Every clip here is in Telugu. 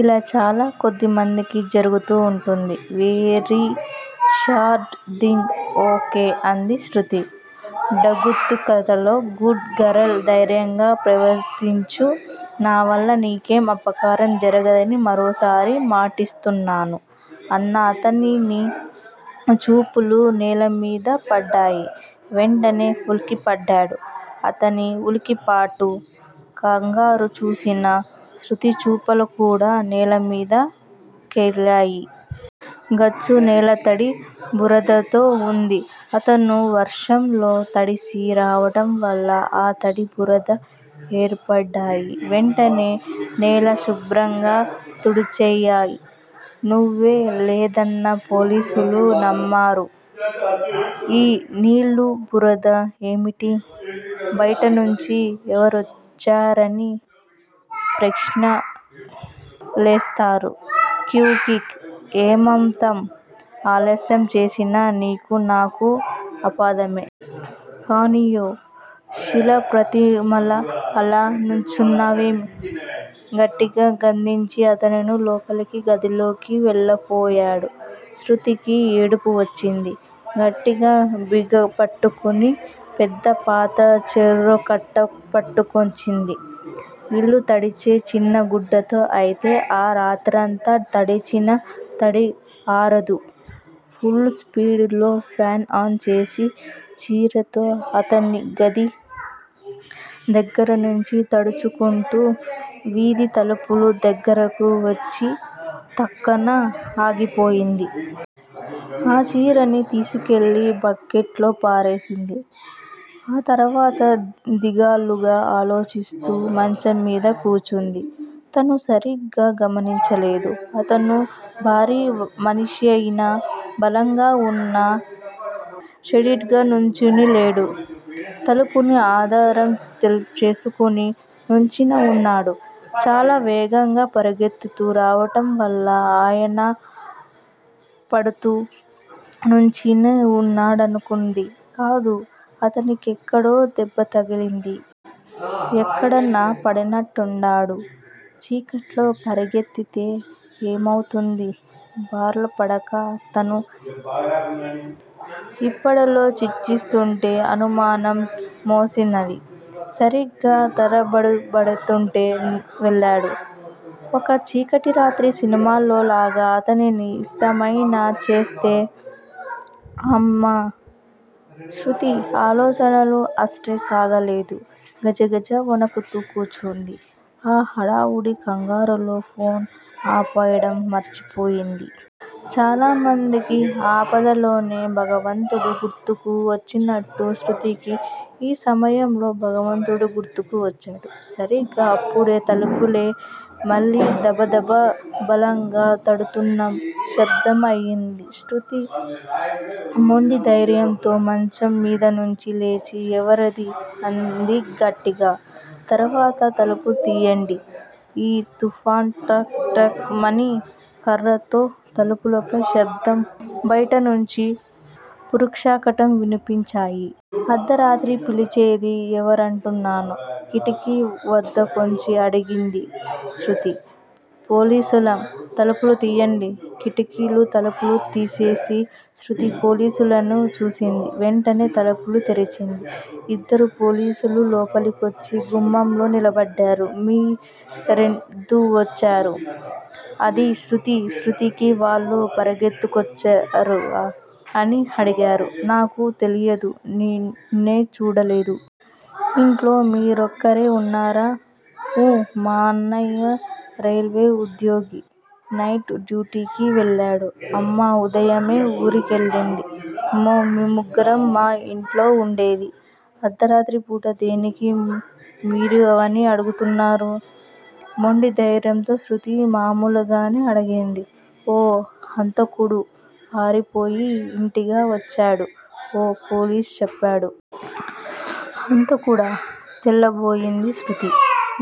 ఇలా చాలా కొద్దిమందికి జరుగుతూ ఉంటుంది. Very sad thing. Okay అంది శృతి డగ్గుత్తికతో. Good girl! ధైర్యంగా ప్రవర్తించు. నావల్ల నీకేం అపకారం జరగదని మరోసారి మాటిస్తున్నాను అన్న అతని చూపులు నేలమీద పడ్డాయి. వెంటనే ఉలిక్కిపడ్డాడు. అతని ఉలికిపాటు, కంగారుచూసిన శృతిచూపులుకూడా నేలమీద కెళ్ళాయి. గచ్చునేల తడి బురదతో వుంది. అతను వర్షంలో తడిసి రావడంవల్ల ఆ తడి, బురద ఏర్పడ్డాయి. వెంటనే నేల శుభ్రంగాతుడిచెయ్యి. నువ్వు లేదన్నా పోలీసులు నమ్మరు. ఈ నీళ్ళు, బురద ఏమిటి? బైటనుంచి ఎవరొచ్చారని యక్షప్రశ్నలేస్తారు. క్విక్. ఏమాత్రం ఆలస్యం చేసినా నీకు నాకు ఆపదే. కానియ్! శిలాప్రతిమలా అలా నుంచున్నావేం? గట్టిగా గద్దించి అతను లోపలి గదిలోకి వెళ్ళిపోయాడు. శృతికి ఏడుపోచ్చింది. గట్టిగా బిగపట్టుకొని పెద్ద పాతచెరొకటి పట్టుకొచ్చింది. ఇల్లు తుడిచే చిన్న గుడ్డతో అయితే ఆ రాత్రంతా తుడిచినా తడి ఆరదు. పుల్ స్పీడులో ఫ్యాను ఆన్ చేసి చీరతో అతని గది దగ్గరనుంచి తుడుచుకుంటూ వీధి తలుపు దగ్గరకు వచ్చి తక్కున ఆగిపోయింది. ఆ చీరని తీసుకెళ్ళి బక్కెట్లోపారేసింది. ఆతర్వాత దిగాలుగా ఆలోచిస్తూ మంచంమీద కూర్చుంది. తను సరిగా గమనించలేదు. అతను భారీమనిషయినా, బలంగా వున్నా స్టేడీగా నుంచొని లేడు. తలుపుని ఆధారం చేసుకుని నించొని వున్నాడు. చాలా వేగంగా పరుగెత్తుకు రావటంవల్ల ఆయాసపడుతూ నుంచొని వున్నాడనుకుంది. కాదు అతనికెక్కడో దెబ్బతగిలింది. ఎక్కడన్నాపడుంటాడు. చీకట్లో పరిగెత్తితే ఏమవుతుంది, బోర్లాపడక. తను ఇప్పుడాలోచిస్తుంటే అనుమాన మొస్తున్నది. సరిగా తడపడబడుతుంటే వెళ్ళాడు. ఒక చీకటిరాత్రి సినిమాలోలాగా తనిని ఇతనేమైనా చేస్తే, అమ్మో! శృతి ఆలోచనలు ఆపై సాగలేదు. గజగజ వణుకుతూ కూర్చుంది. ఆ హడావుడి కంగారులో ఫాన్ ఆపడం మర్చి పోయింది. చాలామందికి ఆపదలోనే భగవంతుడు గుర్తుకు వచ్చినట్లు శృతికి ఈ సమయంలో భగవంతుడు గుర్తుకు వచ్చాడు. సరిగా అప్పుడే తలుపుపై మళ్ళీ దబదబ బలంగా తడుతున్న శబ్దం అయింది. శృతి మొండిదైర్యంతో మంచంమీదనుంచి లేచి ఎవరది? అంది గట్టిగా. త్వరగా తలుపుతీయండి. ఈ తఫా టక్ టక్ మని కర్రతో తలుపుపై శబ్దం, బైటనుంచి పురుషకంఠం వినిపించాయి. అర్థరాత్రప్పుడు పిలిచేది ఎవరంటున్నాను? కిటికీ వద్దకొచ్చి అడిగింది శృతి. పోలీసులం, తలుపుతీయండి. కిటికీ తలుపులు తీసింది శృతి, పోలీసులని చూసింది. వెంటనే తలుపులు తెరిచింది. ఇద్దరు పోలీసులు లోపలికొచ్చి గుమ్మంలో నిలబడ్డారు. మీ రెందుకొచ్చారు? అంది శృతి. శృతికి వాళ్ళు పరుగెత్తుకొచ్చారా? అని అడిగారు. నాకు తెలియదు నే చూడలేదు. ఇంట్లో మీరొక్కరే వున్నారా? ఊ మాఅన్నయ్య రైల్వేఉద్యోగి. నైట్ డ్యూటీకి వెళ్ళాడు. అమ్మ ఉదయమే ఊరెళ్ళింది. మేం ముగ్గురమే మా యింట్లో వుండేది. అర్థరాత్రిపూట దేనికి మీరివన్నీ అడుగుతున్నారు? మొండిధైర్యంతో శృతి మామూలుగానే అడిగింది. ఓ హంతకుడు పారిపోయి ఇటుగా వచ్చాడు ఓ పోలీసు చెప్పాడు. హంతకుడా? తెల్లబోయింది శృతి.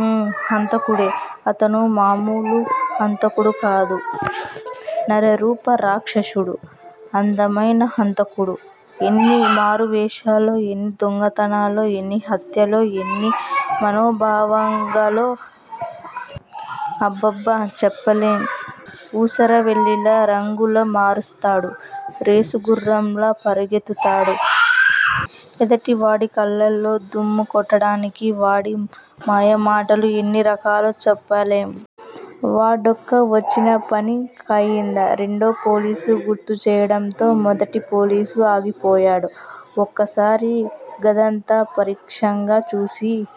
ఊ! హంతకుడే-అతను మామూలు హంతకుడుకాదు నరరూపరాక్షిసుడు, అందమైన హంతకుడు! ఎన్ని మారువేశాలో, ఎన్ని దొంగతనాలో, ఎన్ని హత్యలో, ఎన్ని మానభంగాలో, అబ్బబ్బ చెప్పలేం. ఊసరవెల్లిలా రంగులు మారుస్తాడు, రేసుగుర్రంలా పరుగెత్తుతాడు. ఎదుటివాడి కళ్ళలో దుమ్ము కొట్టడానికి వాడి మాయమాటలు ఎన్ని రకాలో చెప్పలేం. వాడొక వచ్చినపని కానియ్యి రెండోపోలీసు గుర్తుచేయటంతో మొదటి పోలీసు ఆగిపోయాడు. ఓసారి గదంతా పరీక్షగా చూసి